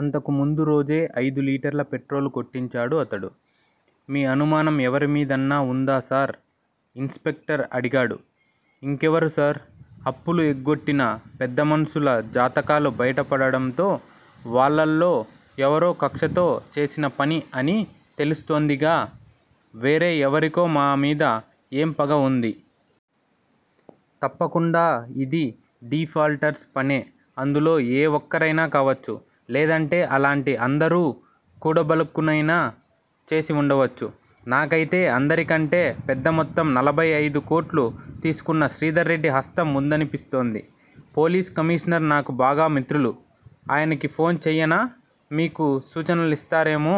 అంతకు ముందు రోజే అయిదు లీటర్ల పెట్రోలు కొట్టించాడు అతడు. మీ అనుమానం ఎవరిమీదన్నా వుందా సార్ ఇన్ స్పెక్టర్ అడిగాడు. ఇంకెవరు సార్ అప్పులు ఎగ్గొట్టిన పెద్దమనుషుల జాతకాలు బయటపడడంతో వాళ్లల్లో ఎవరో కక్షతో చేసిన పని అని తెలుస్తోందిగా వేరే ఎవరికో మా మీద ఏం పగ వుంది? తప్పకుండా ఇది డిఫాల్టర్స్ పనే అందులో ఏ ఒక్కరైనా కావచ్చు, లేదంటే అలాంటి అందరూ కూడబలుక్కునైనా చేసివుండవచ్చు నాకైతే అందరికంటే పెద్దమొత్తం నలభై ఐదుకోట్లు తీసుకున్న శ్రీధర్ రెడ్డి హస్తం వుందనిపిస్తోంది పోలీస్ కమీషనర్ నాకు బాగా మిత్రులు. ఆయనకి ఫోన్ చెయ్యనా మీకు సూచనలిస్తారేమో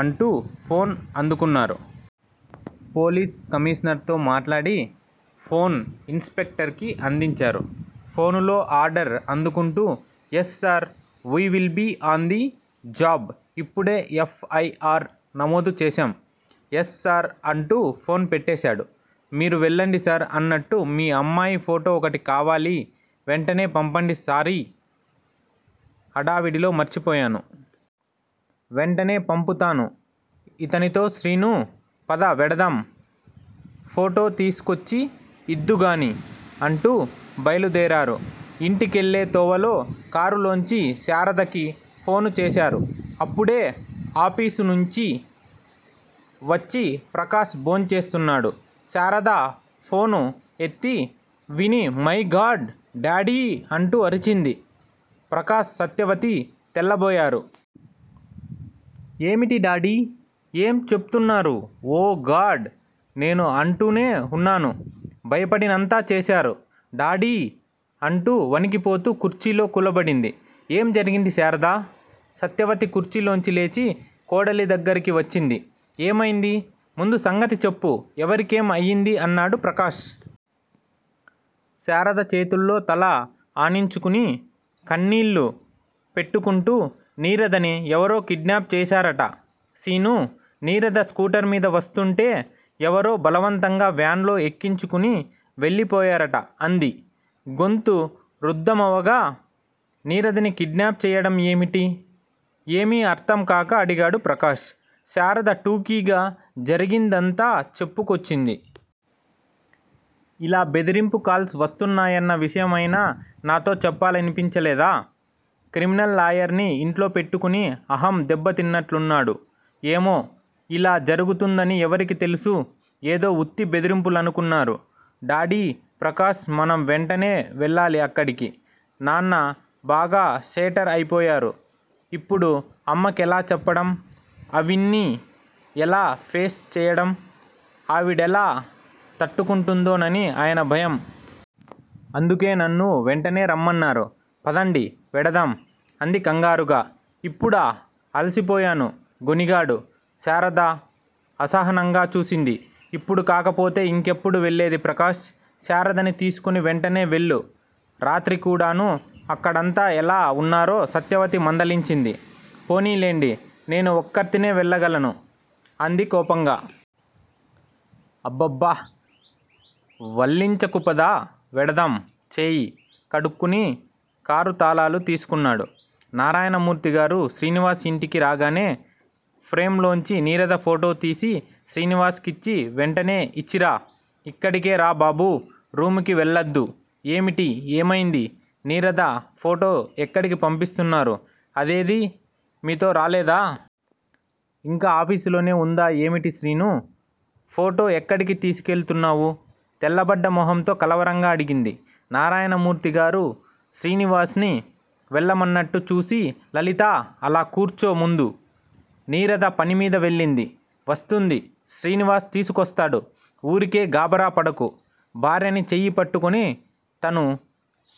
అంటూ ఫోన్ అందుకున్నారు. పోలీస్ కమీషనర్ తో మాట్లాడి ఫోన్ ఇన్ స్పెక్టర్ కి అందించారు. ఫోనులో ఆర్డర్ అందుకుంటూ yes sir we will be on the job ఇప్పుడే ఎఫ్. ఐ. ఆర్. నమోదు చేశాం. ఎస్ సార్ అంటూ ఫోన్ పెట్టేశాడు. మీరు వెళ్ళండి సార్ అన్నట్టు మీ అమ్మాయి ఫోటో ఒకటి కావాలి వెంటనే పంపండి సారీ, హడావిడిలో మర్చిపోయాను. వెంటనే పంపుతాను ఇతనితో శ్రీనూ, పద వెడదాం, ఫోటో తీసుకొచ్చి ఇద్దూగాని అంటూ బయలుదేరారు. ఇంటికెళ్ళే తోవలో కారులోంచి శారదకి ఫోను చేశారు. అప్పుడే ఆఫీసునించి వచ్చి ప్రకాష్ భోంచేస్తున్నాడు. శారద ఫోను ఎత్తి విని మైగాడ్ డాడీ అంటూ అరిచింది. ప్రకాష్ సత్యవతి తెల్లబోయారు. ఏమిటి డాడీ! ఏం చెప్తున్నారు? ఓ గాడ్ నేను అంటూనే వున్నాను. భయపడినంతా చేశారు. డాడీ అంటూ వణికిపోతూ కుర్చీలో కూలబడింది. ఏం జరిగింది శారదా! సత్యవతి కుర్చీలోంచి లేచి కోడలి దగ్గిరకి వచ్చింది. ఏమైంది? ముందు సంగతి చెప్పు. ఎవరికేం అయింది అన్నాడు ప్రకాష్. శారద చేతుల్లో తల ఆనించుకుని కన్నీళ్ళు పెట్టుకుంటూ నీరదని ఎవరో కిడ్నాప్ చేశారట శీనూ, నీరద స్కూటర్ మీద వస్తూంటే ఎవరో బలవంతంగా వ్యాన్ లో ఎక్కించుకుని వెళ్ళిపోయారట అంది గొంతు రుద్ధమవగా. నీరదని కిడ్నాప్ చెయ్యడం ఏమిటి? ఏమీ అర్థంకాక అడిగాడు ప్రకాష్. శారద టూకీగా జరిగిందంతా చెప్పుకొచ్చింది. ఇలా బెదిరింపు కాల్స్ వస్తున్నాయన్న విషయమైనా నాతో చెప్పాలనిపించలేదా? క్రిమినల్ లాయర్ ని ఇంట్లోపెట్టుకుని అహం దెబ్బతిన్నట్లన్నాడు. ఏమో! ఇలా జరుగుతుందని ఎవరికి తెలుసు? ఏదో ఉత్తి బెదిరింపులనుకున్నారు డాడీ ప్రకాష్ మనం వెంటనే వెళ్ళాలి అక్కడికి. నాన్న బాగా షేటర్ అయిపోయారు. ఇప్పుడు అమ్మకెలా చెప్పడం ఆవిణ్ణి ఎలా ఫేస్ చెయ్యడం, ఆవిడెలా తట్టుకుంటుందోనని ఆయన భయం. అందుకే నన్ను వెంటనే రమ్మన్నారు. పదండి వెడదాం అంది కంగారుగా. ఇప్పుడా! అలసిపోయాను గొణిగాడు. శారద అసహనంగా చూసింది. ఇప్పుడు కాకపోతే ఇంకెప్పుడు వెళ్ళేది ప్రకాష్! శారదని తీసుకుని వెంటనే వెళ్ళు రాత్రికూడాను అక్కడంతా ఎలా వున్నారో సత్యవతి మందలించింది. పోనీలెండి, నేను ఒక్కర్తినే వెళ్ళగలను అంది కోపంగా. అబ్బబ్బ వల్లించకుపద వెడదాం చేయి కడుక్కుని కారుతాళాలు తీసుకున్నాడు. నారాయణమూర్తిగారు, శ్రీనివాస్ ఇంటికి రాగానే ఫ్రేమ్ లోంచి నీరద ఫోటోతీసి శ్రీనివాస్ కిచ్చి వెంటనే ఇచ్చిరా, ఇక్కడికే రా బాబూ రూముకి వెళ్లద్దు. ఏమిటి ఏమైంది, నీరద ఫోటో ఎక్కడికి పంపిస్తున్నారు? అదేదీ మీతో రాలేదా? ఇంకా ఆఫీసులోనే వుందా ఏమిటి శ్రీనూ, ఫోటో ఎక్కడికి తీసుకెళుతున్నావు? తెల్లబడ్డ మొహంతో కలవరంగా అడిగింది. నారాయణమూర్తిగారు శ్రీనివాస్ ని వెళ్ళమన్నట్టు చూసి లలితా, అలా కూర్చో ముందు. నీరద పనిమీద వెళ్ళింది. వస్తుంది. శ్రీనివాస్ తీసుకొస్తాడు. ఊరికే గాభరా పడకు భార్యని చెయ్యిపట్టుకుని తను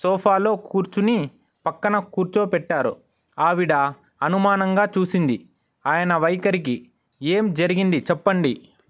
సోఫాలో కూర్చుని పక్కన కూర్చోపెట్టారు. ఆవిడ అనుమానంగా చూసింది ఆయన వైఖరికి. ఏం జరిగింది చెప్పండి